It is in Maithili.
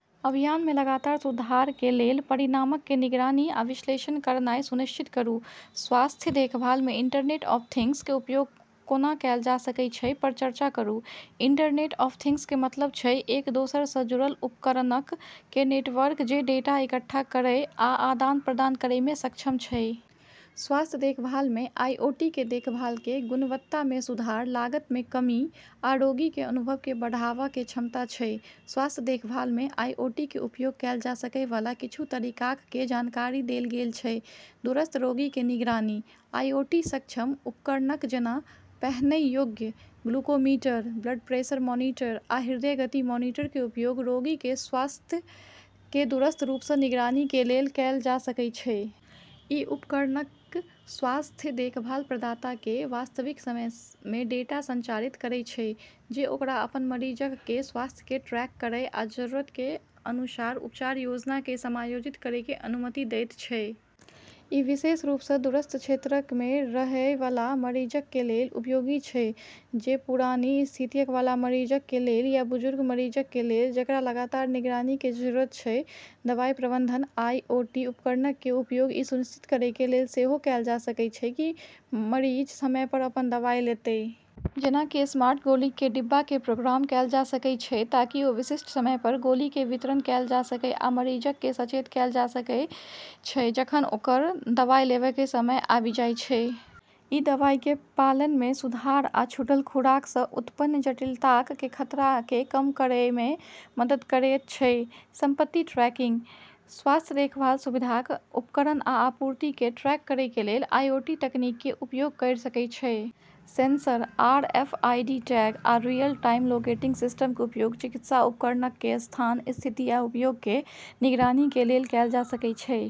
अभियान मे लगातार सुधार कें लेल परिणामक कें निगरानी आ विश्लेषण करनाय सुनिश्चित करूं. स्वास्थ्य देखभाल मे इंटरनेट ऑफ थिंग्स कें उपयोग कोना कैल जा सकएय छै, पर चर्चा करूं. इंटरनेट ऑफ थिंग्स कें मतलब छै एक दोसरा सं जुड़ल उपकरणक कें नेटवर्क जे डाटा इकट्ठा करय आ आदान-प्रदान करय मे सक्षम छै. स्वास्थ्य देखभाल मे आईओटी मे देखभाल कें गुणवत्ता मे सुधार, लागत मे कमी आ रोगी कें अनुभव कें बढ़ावा कें क्षमता छै. स्वास्थ्य देखभाल मे आईओटी कें उपयोग कैल जा सकय वाला किच्छू तरीकाक कें जानकारी देल गेल छै: दूरस्थ रोगी कें निगरानी: आईओटी-सक्षम उपकरणक जेना पहनय योग्य, ग्लूकोमीटर, ब्लड प्रेशर मॉनिटर, आ हृदय गति मॉनिटर कें उपयोग रोगी कें स्वास्थ्य कें दूरस्थ रूप सं निगरानी कें लेल कैल जा सकय छै. इ उपकरणक स्वास्थ्य देखभाल प्रदाताक कें वास्तविक समय मे डाटा संचारित करयत छै, जे ओकरा अपन मरीजक कें स्वास्थ्य कें ट्रैक करय आ जरूरत कें अनुसार उपचार योजना कें समायोजित करय कें अनुमति देयत छै. इ विशेष रूप सं दूरस्थ क्षेत्रक मे रहएय वाला मरीजक कें लेल उपयोगी छै, जे पुरानी स्थितियक वाला मरीजक कें लेल या बुजुर्ग मरीजक कें लेल जेकरा लगातार निगरानी कें जरूरत छै. दवाई प्रबंधन: आईओटी उपकरणक कें उपयोग इ सुनिश्चित करय कें लेल सेहो कैल जा सकय छै की मरीज समय पर अपन दवाई लेतय. जेना कि स्मार्ट गोलीक कें डिब्बा कें प्रोग्राम कैल जा सकएय छै ताकि ओ विशिष्ट समय पर गोली कें वितरण कैल जा सकएय आ मरीजक कें सचेत कैल जा सकएय छै जखन ओकर दवाई लेवय कें समय आबि जायत छै. इ दवाई कें पालन मे सुधार आ छूटल खुराक सं उत्पन्न जटिलताक कें खतरा कें कम करएय मे मदद करएयत छै. संपत्ति ट्रैकिंग: स्वास्थ्य देखभाल सुविधाक उपकरण आ आपूर्ति कें ट्रैक करय कें लेल आईओटी तकनीक कें उपयोग कयर सकय छै. सेंसर, आरएफआईडी टैग, आ रियल-टाइम लोकेटिंग सिस्टम कें उपयोग चिकित्सा उपकरणक कें स्थान, स्थिति आ उपयोग कें निगरानी कें लेल कैल जा सकय छै.